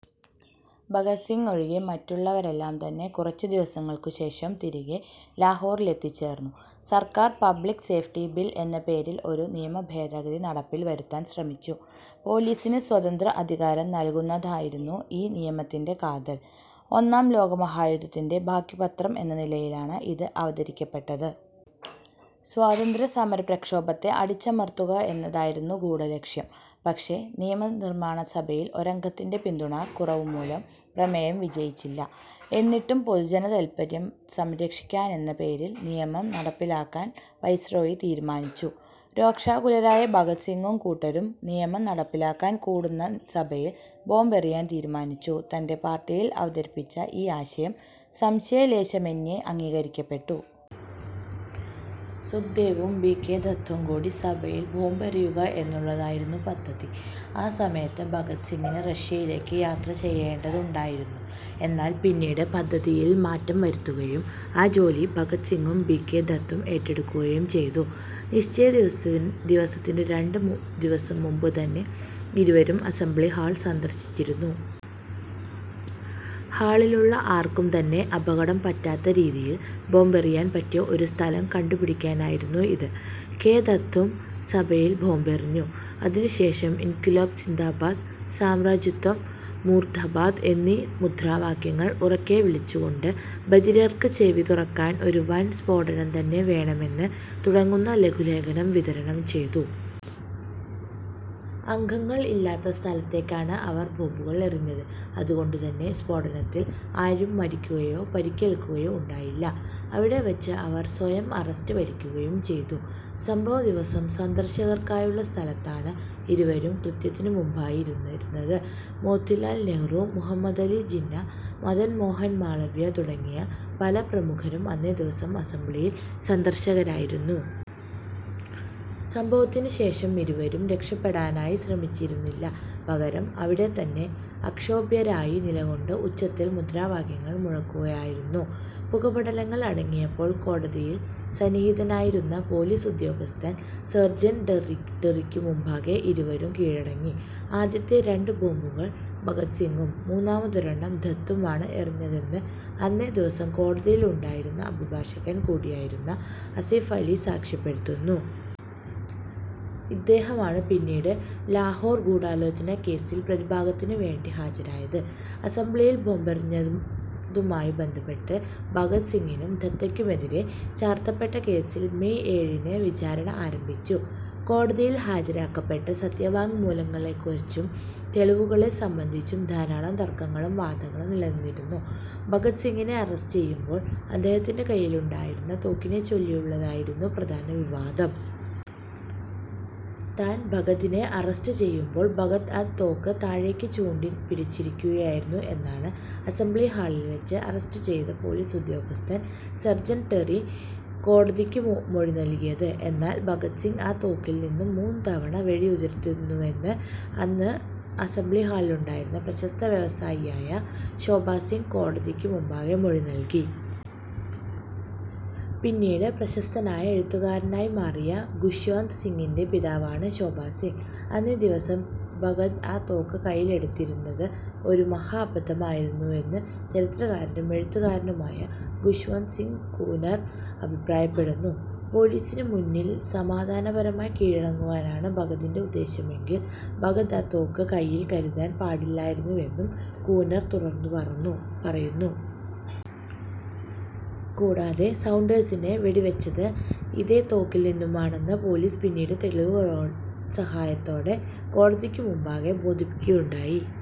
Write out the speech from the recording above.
ഭഗത് സിംഗ് ഒഴികെ മറ്റുള്ളവരെല്ലാം തന്നെ കുറച്ചു ദിവസങ്ങൾക്കുശേഷം തിരികെ ലാഹോറിലെത്തിച്ചേർന്നു. സർക്കാർ പബ്ലിക് സേഫ്റ്റി ബിൽ എന്ന പേരിൽ ഒരു നിയമഭേദഗതി നടപ്പിൽ വരുത്താൻ ശ്രമിച്ചു. പോലീസിന് സ്വതന്ത്ര അധികാരം നൽകുന്നതായിരുന്നു ഈ നിയമത്തിൻ്റെ കാതൽ. ഒന്നാം ലോക മഹായുദ്ധത്തിൻ്റെ ബാക്കിപത്രം എന്ന നിലയിലാണ് ഇത് അവതരിപ്പിക്കപ്പെട്ടത്. സ്വാതന്ത്ര്യസമരപ്രക്ഷോഭത്തെ അടിച്ചമർത്തുക എന്നതായിരുന്നു ഗൂഢലക്ഷ്യം. പക്ഷേ നിയമനിർമ്മാണ സഭയിൽ ഒരംഗത്തിൻ്റെ പിന്തുണക്കുറവു മൂലം പ്രമേയം വിജയിച്ചില്ല. എന്നിട്ടും പൊതുജനതാല്പര്യം സംരക്ഷിക്കാനെന്ന പേരിൽ നിയമം നടപ്പിലാക്കാൻ വൈസ്രോയി തീരുമാനിച്ചു. രോഷാകുലരായ ഭഗത് സിംഗും കൂട്ടരും നിയമം നടപ്പിലാക്കാൻ കൂടുന്ന സഭയിൽ ബോംബെറിയാൻ തീരുമാനിച്ചു. തൻ്റെ പാർട്ടിയിൽ അവതരിപ്പിച്ച ഈ ആശയം സംശയലേശമെന്യേ അംഗീകരിക്കപ്പെട്ടു. സുഖ്ദേവും, ബി. കെ. ദത്തും കൂടി സഭയിൽ ബോംബെറിയുക എന്നുള്ളതായിരുന്നു പദ്ധതി, ആ സമയത്ത് ഭഗത് സിംഗിന് റഷ്യയിലേക്ക് യാത്രചെയ്യേണ്ടതുണ്ടായിരുന്നു. എന്നാൽ പിന്നീട് പദ്ധതിയിൽ മാറ്റം വരുത്തുകയും ആ ജോലി ഭഗത് സിംഗും ബി. കെ. ദത്തും ഏറ്റെടുക്കുകയും ചെയ്തു. നിശ്ചയിച്ച ദിവസത്തിനു രണ്ട് ദിവസം മുമ്പ് തന്നെ ഇരുവരും അസംബ്ലി ഹാൾ സന്ദർശിച്ചിരുന്നു. ഹാളിലുള്ള ആർക്കും തന്നെ അപകടം പറ്റാത്ത രീതിയിൽ ബോംബെറിയാൻ പറ്റിയ ഒരു സ്ഥലം കണ്ടു പിടിക്കാനായിരുന്നു ഇത്. കെ ദത്തും സഭയിൽ ബോംബെറിഞ്ഞു, അതിനുശേഷം ഇൻക്വിലാബ് സിന്ദാബാദ്, സാമ്രാജ്യത്വം മൂർദ്ദാബാദ് എന്നീ മുദ്രാവാക്യങ്ങൾ ഉറക്കെ വിളിച്ചുകൊണ്ട് ബധിരർക്കു ചെവി തുറക്കാൻ ഒരു വൻ സ്ഫോടനം തന്നെ വേണമെന്ന് തുടങ്ങുന്ന ലഘുലേഖനം വിതരണം ചെയ്തു. അംഗങ്ങൾ ഇല്ലാത്ത സ്ഥലത്തേക്കാണ് അവർ ബോംബുകൾ എറിഞ്ഞത്, അതുകൊണ്ടു തന്നെ സ്ഫോടനത്തിൽ ആരും മരിക്കുകയോ പരിക്കേൽക്കുകയോ ഉണ്ടായില്ല. അവിടെ വച്ച് അവർ സ്വയം അറസ്റ്റ് വരിക്കുകയും ചെയ്തു. സംഭവദിവസം സന്ദർശകർക്കായുള്ള സ്ഥലത്താണ് ഇരുവരും കൃത്യത്തിനുമുമ്പായി ഇരുന്നിരുന്നത്. മോത്തിലാൽ നെഹ്റു, മുഹമ്മദലി ജിന്ന, മദൻ മോഹൻ മാളവ്യ തുടങ്ങിയ പല പ്രമുഖരും അന്നേ ദിവസം അസംബ്ലിയിൽ സന്ദർശകരായിരുന്നു. സംഭവത്തിനുശേഷം ഇരുവരും രക്ഷപ്പെടാനായി ശ്രമിച്ചിരുന്നില്ല. പകരം അവിടത്തന്നെ അക്ഷോഭ്യരായി നിലകൊണ്ട് ഉച്ചത്തിൽ മുദ്രാവാക്യങ്ങൾ മുഴക്കുകയായിരുന്നു. പുകപടലങ്ങൾ അടങ്ങിയപ്പോൾ കോടതിയിൽ സന്നിഹിതനായിരുന്ന പോലീസ് ഉദ്യോഗസ്ഥൻ സെർജൻ്റ് ടെറിക്കു മുമ്പാകെ ഇരുവരും കീഴടങ്ങി. ആദ്യത്തെ രണ്ടു ബോംബുകൾ ഭഗത് സിംഗും, മൂന്നാമതൊരെണ്ണം ദത്തും ആണ് എറിഞ്ഞതെന്ന് അന്നേ ദിവസം കോടതിയിലുണ്ടായിരുന്ന അഭിഭാഷകൻ കൂടിയായിരുന്ന അസിഫ് അലി സാക്ഷ്യപ്പെടുത്തുന്നു. ഇദ്ദേഹമാണ് പിന്നീട് ലാഹോർ ഗൂഢാലോചന കേസിൽ പ്രതിഭാഗത്തിനു വേണ്ടി ഹാജരായത്. അസംബ്ലിയിൽ ബോംബെറിഞ്ഞതുമായി ബന്ധപ്പെട്ട് ഭഗത് സിംഗിനും, ദത്തയ്ക്കുമെതിരേ ചാർത്തപ്പെട്ട കേസിൽ മെയ് ഏഴിന് വിചാരണ ആരംഭിച്ചു. കോടതിയിൽ ഹാജരാക്കപ്പെട്ട സത്യവാങ്മൂലങ്ങളെക്കുറിച്ചും തെളിവുകളെ സംബന്ധിച്ചും ധാരാളം തർക്കങ്ങളും വാദങ്ങളും നിലനിന്നിരുന്നു. ഭഗത് സിംഗിനെ അറസ്റ്റ് ചെയ്യുമ്പോൾ അദ്ദേഹത്തിൻ്റെ കയ്യിലുണ്ടായിരുന്ന തോക്കിനെച്ചൊല്ലിയുള്ളതായിരുന്നു പ്രധാന വിവാദം. താൻ ഭഗതിനെ അറസ്റ്റു ചെയ്യുമ്പോൾ ഭഗത് ആ തോക്ക് താഴേക്കു ചൂണ്ടി പിടിച്ചിരിക്കുകയായിരുന്നു എന്നാണ് അസംബ്ലി ഹാളിൽ വെച്ച് അറസ്റ്റു ചെയ്ത പോലീസ് ഉദ്യോഗസ്ഥൻ സെർജൻ്റ് ടെറി കോടതിക്കു മൊഴി നൽകിയത്. എന്നാൽ ഭഗത് സിംഗ് ആ തോക്കിൽ നിന്നും മൂന്നു തവണ വെടിയുതിർത്തുവെന്ന് അന്ന് അസംബ്ലിഹാളിലുണ്ടായിരുന്ന പ്രശസ്ത വ്യവസായിയായ ശോഭാ സിംഗ് കോടതിക്കു മുമ്പാകെ മൊഴി നൽകി. പിന്നീട് പ്രശസ്തനായ എഴുത്തുകാരനായി മാറിയ ഖുശ്വന്ത് സിംഗിൻ്റെ പിതാവാണ് ശോഭാ സിംഗ്. അന്നേ ദിവസം ഭഗത് ആ തോക്ക് കയ്യിലെടുത്തിരുന്നത് ഒരു മഹാ അബദ്ധമായിരുന്നുവെന്ന് ചരിത്രകാരനും, എഴുത്തുകാരനുമായ ഖുശ് വന്ത് സിംഗ് കൂനർ അഭിപ്രായപ്പെടുന്നു. പോലീസിനു മുന്നിൽ സമാധാനപരമായി കീഴടങ്ങുവാനാണ് ഭഗതിൻ്റെ ഉദ്ദേശ്യമെങ്കിൽ ഭഗത് ആ തോക്ക് കൈയ്യിൽ കരുതാൻ പാടില്ലായിരുന്നുവെന്നും കൂനർ തുടർന്നു പറയുന്നു. കൂടാതെ സൗണ്ടേഴ്സിനെ വെടിവെച്ചത് ഇതേ തോക്കിൽ നിന്നുമാണെന്ന് പോലീസ് പിന്നീട് തെളിവുകളുടെ സഹായത്തോടെ കോടതിക്കുമുമ്പാകെ ബോധിപ്പിക്കുകയുണ്ടായി.